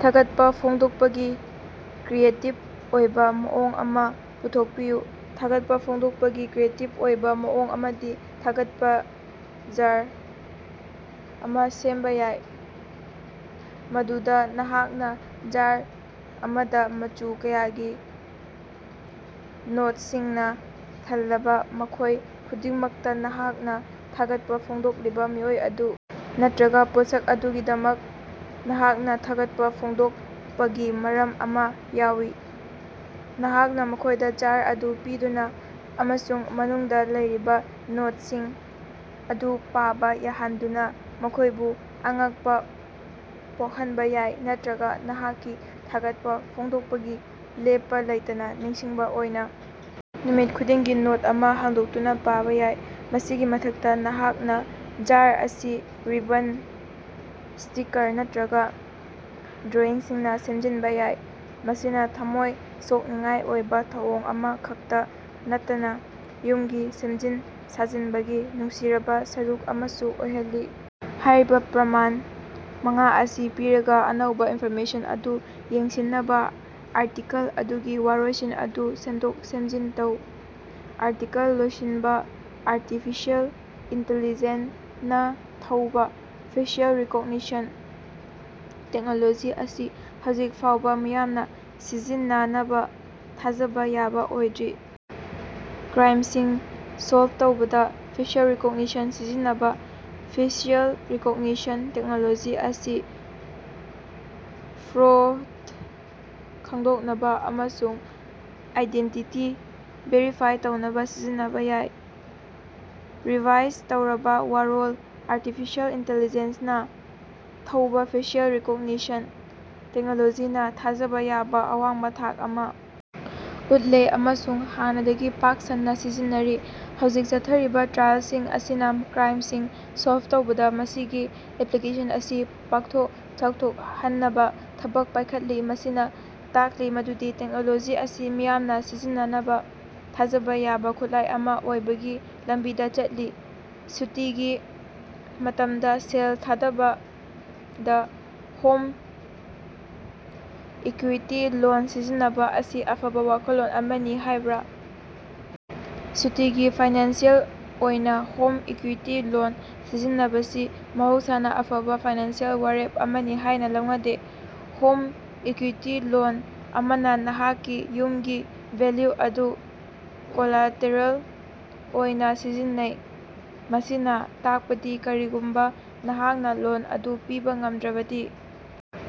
ꯊꯥꯒꯠꯄ ꯐꯣꯡꯗꯣꯛꯄꯒꯤ ꯀ꯭ꯔꯤꯌꯦꯇꯤꯕ ꯑꯣꯏꯕ ꯃꯑꯣꯡ ꯑꯃ ꯄꯨꯊꯣꯛꯄꯤꯌꯨ꯫ ꯊꯥꯒꯠꯄ ꯐꯣꯡꯗꯣꯛꯄꯒꯤ ꯀ꯭ꯔꯤꯌꯦꯇꯤꯕ ꯑꯣꯏꯕ ꯃꯑꯣꯡ ꯑꯃꯗꯤ "ꯊꯥꯒꯠꯄ ꯖꯥꯔ" ꯑꯃ ꯁꯦꯝꯕ ꯌꯥꯏ, ꯃꯗꯨꯗ ꯅꯍꯥꯛꯅ ꯖꯥꯔ ꯑꯃꯗ ꯃꯆꯨ ꯀꯌꯥꯒꯤ ꯅꯣꯇꯁꯤꯡꯅ ꯊꯜꯂꯕ, ꯃꯈꯣꯏ ꯈꯨꯗꯤꯡꯃꯛꯇ ꯅꯍꯥꯛꯅ ꯊꯥꯒꯠꯄ ꯐꯣꯡꯗꯣꯛꯂꯤꯕ ꯃꯤꯑꯣꯏ ꯑꯗꯨ ꯅꯠꯇꯔꯒ ꯄꯣꯠꯁꯛ ꯑꯗꯨꯒꯤꯗꯃꯛ ꯅꯍꯥꯛꯅ ꯊꯥꯒꯠꯄ ꯐꯣꯡꯗꯣꯛꯄꯒꯤ ꯃꯔꯝ ꯑꯃ ꯌꯥꯎꯏ꯫ ꯅꯍꯥꯛꯅ ꯃꯈꯣꯏꯗ ꯖꯥꯔ ꯑꯗꯨ ꯄꯤꯗꯨꯅ ꯑꯃꯁꯨꯡ ꯃꯅꯨꯡꯗ ꯂꯩꯔꯤꯕ ꯅꯣꯇꯁꯤꯡ ꯑꯗꯨ ꯄꯥꯕ ꯌꯥꯍꯟꯗꯨꯅ ꯃꯈꯣꯏꯕꯨ ꯑꯉꯛꯄꯥ ꯄꯣꯛꯍꯟꯕ ꯌꯥꯏ, ꯅꯠꯇꯔꯒ ꯅꯍꯥꯛꯀꯤ ꯊꯥꯒꯠꯄ ꯐꯣꯡꯗꯣꯛꯄꯒꯤ ꯂꯦꯞꯄ ꯂꯩꯇꯅ ꯅꯤꯡꯁꯤꯡꯕ ꯑꯣꯏꯅ ꯅꯨꯃꯤꯠ ꯈꯨꯗꯤꯡꯒꯤ ꯅꯣꯠ ꯑꯃ ꯍꯥꯡꯗꯣꯛꯇꯨꯅ ꯄꯥꯕ ꯌꯥꯏ꯫ ꯃꯁꯤꯒꯤ ꯃꯊꯛꯇ ꯅꯍꯥꯛꯅ ꯖꯥꯔ ꯑꯁꯤ ꯔꯤꯕꯟ, ꯁ꯭ꯇꯤꯀꯥꯔ ꯅꯠꯇꯔꯒ ꯗ꯭ꯔꯣꯏꯪꯁꯤꯡꯅ ꯁꯦꯝꯖꯤꯟꯕ ꯌꯥꯏ, ꯃꯁꯤꯅ ꯊꯝꯃꯣꯏ ꯁꯣꯛꯅꯤꯡꯉꯥꯏ ꯑꯣꯏꯕ ꯊꯧꯑꯣꯡ ꯑꯃ ꯈꯛꯇ ꯅꯠꯇꯅ ꯌꯨꯝꯒꯤ ꯁꯦꯝꯖꯤꯟ ꯁꯥꯖꯤꯟꯕꯒꯤ ꯅꯨꯡꯁꯤꯔꯕ ꯁꯔꯨꯛ ꯑꯃꯁꯨ ꯑꯣꯏꯍꯜꯂꯤ꯫ ꯍꯥꯏꯔꯤꯕ ꯄ꯭ꯔꯃꯥꯟ ꯃꯉꯥ ꯑꯁꯤ ꯄꯤꯔꯒ, ꯑꯅꯧꯕ ꯏꯟꯐꯣꯔꯃꯦꯁꯟ ꯑꯗꯨ ꯌꯦꯡꯁꯤꯟꯅꯕ ꯑꯥꯔꯇꯤꯀꯜ ꯑꯗꯨꯒꯤ ꯋꯥꯔꯣꯏꯁꯤꯟ ꯑꯗꯨ ꯁꯦꯝꯗꯣꯛ ꯁꯦꯝꯖꯤꯟ ꯇꯧ꯫ ꯑꯥꯔꯇꯤꯀꯜ ꯂꯣꯏꯁꯤꯟꯕ ꯑꯔꯇꯤꯐꯤꯁꯦꯜ ꯏꯟꯇꯤꯂꯤꯖꯦꯟ ꯅ ꯊꯧꯕ ꯐꯦꯁꯤꯑꯦꯜ ꯔꯤꯀꯣꯛꯅꯤꯁꯟ ꯇꯦꯛꯅꯣꯂꯣꯖꯤ ꯑꯁꯤ ꯍꯧꯖꯤꯛ ꯐꯥꯎꯕ ꯃꯤꯌꯥꯝꯅ ꯁꯤꯖꯤꯟꯅꯅꯕ ꯊꯥꯖꯕ ꯌꯥꯕ ꯑꯣꯏꯗ꯭ꯔꯤ꯫ ꯀ꯭ꯔꯥꯏꯝꯁꯤꯡ ꯁꯣꯜꯕ ꯇꯧꯕꯗ ꯐꯦꯁꯤꯑꯦꯜ ꯔꯤꯀꯣꯛꯅꯤꯁꯟ ꯁꯤꯖꯤꯟꯅꯕ ꯐꯦꯁꯤꯑꯦꯜ ꯔꯤꯀꯣꯛꯅꯤꯁꯟ ꯇꯦꯛꯅꯣꯂꯣꯖꯤ ꯑꯁꯤ ꯐ꯭ꯔꯣꯗ ꯈꯪꯗꯣꯛꯅꯕꯥ ꯑꯃꯁꯨꯡ ꯑꯥꯏꯗꯦꯟꯇꯤꯇꯤ ꯚꯦꯔꯤꯐꯥꯏ ꯇꯧꯅꯕ ꯁꯤꯖꯤꯟꯅꯕ ꯌꯥꯏ꯫ ꯔꯤꯚꯥꯏꯖ ꯇꯧꯔꯕ ꯋꯥꯔꯣꯜ ꯑꯔꯇꯤꯐꯤꯁꯦꯜ ꯏꯟꯇꯤꯂꯤꯖꯦꯟ ꯅ ꯊꯧꯕ ꯐꯦꯁꯤꯑꯦꯜ ꯔꯤꯀꯣꯛꯅꯤꯁꯟ ꯇꯦꯛꯅꯣꯂꯣꯖꯤꯅ ꯊꯥꯖꯕ ꯌꯥꯕ ꯑꯋꯥꯡꯕ ꯊꯥꯛ ꯑꯃ ꯎꯠꯂꯦ ꯑꯃꯁꯨꯡ ꯍꯥꯟꯅꯗꯒꯤ ꯄꯥꯛ ꯁꯟꯅ ꯁꯤꯖꯤꯟꯅꯔꯤ꯫ ꯍꯧꯖꯤꯛ ꯆꯠꯊꯔꯤꯕꯥ ꯇ꯭ꯔꯥꯏꯑꯦꯂꯁꯤꯡ ꯑꯁꯤꯅ ꯀ꯭ꯔꯥꯏꯝꯁꯤꯡ ꯁꯣꯜꯕ ꯇꯧꯕꯗ ꯃꯁꯤꯒꯤ ꯑꯦꯞꯂꯤꯀꯦꯁꯟ ꯑꯁꯤ ꯄꯥꯛꯊꯣꯛ ꯆꯥꯎꯊꯣꯛꯍꯟꯅꯕ ꯊꯕꯛ ꯄꯥꯏꯈꯠꯂꯤ, ꯃꯁꯤꯅ ꯇꯥꯛꯂꯤ ꯃꯗꯨꯗꯤ ꯇꯦꯛꯅꯣꯂꯣꯖꯤ ꯑꯁꯤ ꯃꯤꯌꯥꯝꯅ ꯁꯤꯖꯤꯟꯅꯅꯕ ꯊꯥꯖꯕ ꯌꯥꯕ ꯈꯨꯠꯂꯥꯏ ꯑꯃ ꯑꯣꯏꯕꯒꯤ ꯂꯝꯕꯤꯗ ꯆꯠꯂꯤ꯫ ꯁꯨꯇꯤꯒꯤ ꯃꯇꯝꯗ ꯁꯦꯜ ꯊꯥꯗꯕꯗ ꯍꯣꯝ ꯏꯀꯨꯏꯇꯤ ꯂꯣꯟ ꯁꯤꯖꯤꯟꯅꯕ ꯑꯁꯤ ꯑꯐꯕ ꯋꯥꯈꯜꯂꯣꯟ ꯑꯃꯅꯤ ꯍꯥꯏꯕ꯭ꯔ? ꯁꯨꯇꯤꯒꯤ ꯐꯥꯏꯅꯥꯟꯁꯤꯑꯦꯜ ꯑꯣꯏꯅ ꯍꯣꯝ ꯏꯀꯨꯏꯇꯤ ꯂꯣꯟ ꯁꯤꯖꯤꯟꯅꯕꯁꯤ ꯃꯍꯧꯁꯥꯅ ꯑꯐꯕ ꯐꯥꯏꯅꯥꯟꯁꯤꯑꯦꯜ ꯋꯥꯔꯦꯞ ꯑꯃꯅꯤ ꯍꯥꯏꯅ ꯂꯧꯅꯗꯦ꯫ ꯍꯣꯝ ꯏꯀꯨꯏꯇꯤ ꯂꯣꯟ ꯑꯃꯅ ꯅꯍꯥꯛꯀꯤ ꯌꯨꯝꯒꯤ ꯚꯦꯜꯌꯨ ꯑꯗꯨ ꯀꯣꯂꯥꯇꯦꯔꯦꯜ ꯑꯣꯏꯅ ꯁꯤꯖꯤꯟꯅꯩ, ꯃꯁꯤꯅ ꯇꯥꯛꯄꯗꯤ ꯀꯔꯤꯒꯨꯝꯕ ꯅꯍꯥꯛꯅ ꯂꯣꯟ ꯑꯗꯨ ꯄꯤꯕꯥ ꯉꯝꯗ꯭ꯔꯕꯗꯤ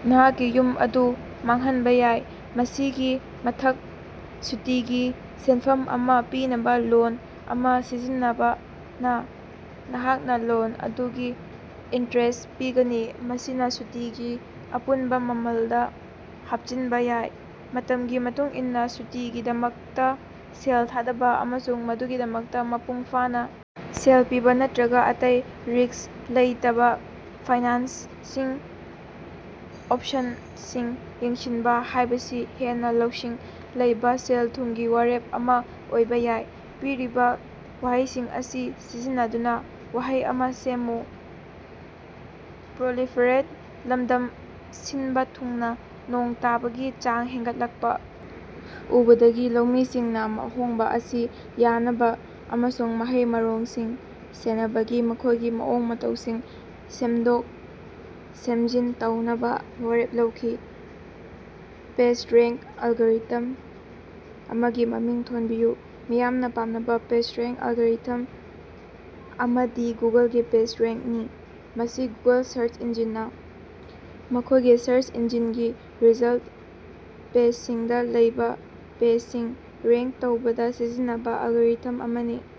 ꯅꯍꯥꯛꯀꯤ ꯌꯨꯝ ꯑꯗꯨ ꯃꯥꯡꯍꯟꯕ ꯌꯥꯏ꯫ ꯃꯁꯤꯒꯤ ꯃꯊꯛꯁꯨꯇꯤꯒꯤ ꯁꯦꯟꯐꯝ ꯑꯃ ꯄꯤꯅꯕ ꯂꯣꯟ ꯑꯃ ꯁꯤꯖꯤꯟꯅꯕꯅ ꯅꯍꯥꯛꯅ ꯂꯣꯟ ꯑꯗꯨꯒꯤ ꯏꯟꯇꯔꯦꯁ ꯄꯤꯒꯅꯤ, ꯃꯁꯤꯅ ꯁꯨꯇꯤꯒꯤ ꯑꯄꯨꯟꯕ ꯃꯃꯜꯗ ꯍꯥꯞꯆꯤꯟꯕ ꯌꯥꯏ꯫ ꯃꯇꯝꯒꯤ ꯃꯇꯨꯡꯏꯟꯅ ꯁꯨꯇꯤꯒꯤꯗꯃꯛꯇ ꯁꯦꯜ ꯊꯥꯗꯕ ꯑꯃꯁꯨꯡ ꯃꯗꯨꯒꯤꯗꯃꯛꯇ ꯃꯄꯨꯡ ꯐꯥꯅ ꯁꯦꯜ ꯄꯤꯕ ꯅꯠꯇꯔꯒ ꯑꯇꯩ ꯔꯤꯛꯁ ꯂꯩꯇꯕ ꯐꯥꯏꯅꯥꯟꯁꯤꯡ ꯑꯣꯄꯁꯟꯁꯤꯡ ꯌꯦꯡꯁꯤꯟꯕ ꯍꯥꯏꯕꯁꯤ ꯍꯦꯟꯅ ꯂꯧꯁꯤꯡ ꯂꯩꯕ ꯁꯦꯜ-ꯊꯨꯝꯒꯤ ꯋꯥꯔꯦꯞ ꯑꯃ ꯑꯣꯏꯕ ꯌꯥꯏ꯫ ꯄꯤꯔꯤꯕꯥ ꯋꯥꯍꯩꯁꯤꯡ ꯑꯁꯤ ꯁꯤꯖꯤꯟꯅꯗꯨꯅ ꯋꯥꯍꯩ ꯑꯃ ꯁꯦꯝꯃꯨ ꯄ꯭ꯔꯣꯂꯤꯐꯦꯔꯦꯠ ꯂꯝꯗꯝ ꯁꯤꯟꯕ ꯊꯨꯡꯅ ꯅꯣꯡ ꯇꯥꯕꯒꯤ ꯆꯥꯡ ꯍꯦꯟꯒꯠꯂꯛꯄ ꯎꯕꯗꯒꯤ ꯂꯧꯃꯤꯁꯤꯡꯅ ꯑꯍꯣꯡꯕ ꯑꯁꯤ ꯌꯥꯅꯕ ꯑꯃꯁꯨꯡ ꯃꯍꯩ-ꯃꯔꯣꯡꯁꯤꯡ ꯁꯦꯟꯅꯕꯒꯤ ꯃꯈꯣꯏꯒꯤ ꯃꯑꯣꯡ ꯃꯇꯧꯁꯤꯡ ꯁꯦꯝꯗꯣꯛ ꯁꯦꯝꯖꯤꯟ ꯇꯧꯅꯕ ꯋꯥꯔꯦꯞ ꯂꯧꯈꯤ꯫ ꯄꯦꯖ ꯔꯦꯉ꯭ꯛ ꯑꯦꯂꯒꯣꯔꯤꯊꯝ ꯑꯃꯒꯤ ꯃꯃꯤꯡ ꯊꯣꯟꯕꯤꯌꯨ꯫ ꯃꯤꯌꯥꯝꯅ ꯄꯥꯝꯅꯕ ꯄꯦꯖꯔꯦꯉ꯭ꯛ ꯑꯦꯂꯒꯣꯔꯤꯊꯝ ꯑꯃꯗꯤ ꯒꯨꯒꯜꯒꯤ ꯄꯦꯖꯔꯦꯉ꯭ꯛꯅꯤ, ꯃꯁꯤ ꯒꯨꯒꯜ ꯁꯔꯆ ꯏꯟꯖꯤꯟꯅ ꯃꯈꯣꯏꯒꯤ ꯁꯔꯆ ꯏꯟꯖꯤꯅꯒꯤ ꯔꯤꯖꯜꯇ ꯄꯦꯖꯁꯤꯡꯗ ꯂꯩꯕ ꯄꯦꯖꯁꯤꯡ ꯔꯦꯉ꯭ꯛ ꯇꯧꯕꯗ ꯁꯤꯖꯤꯟꯅꯕ ꯑꯦꯂꯒꯣꯔꯤꯊꯝ ꯑꯃꯅꯤ꯫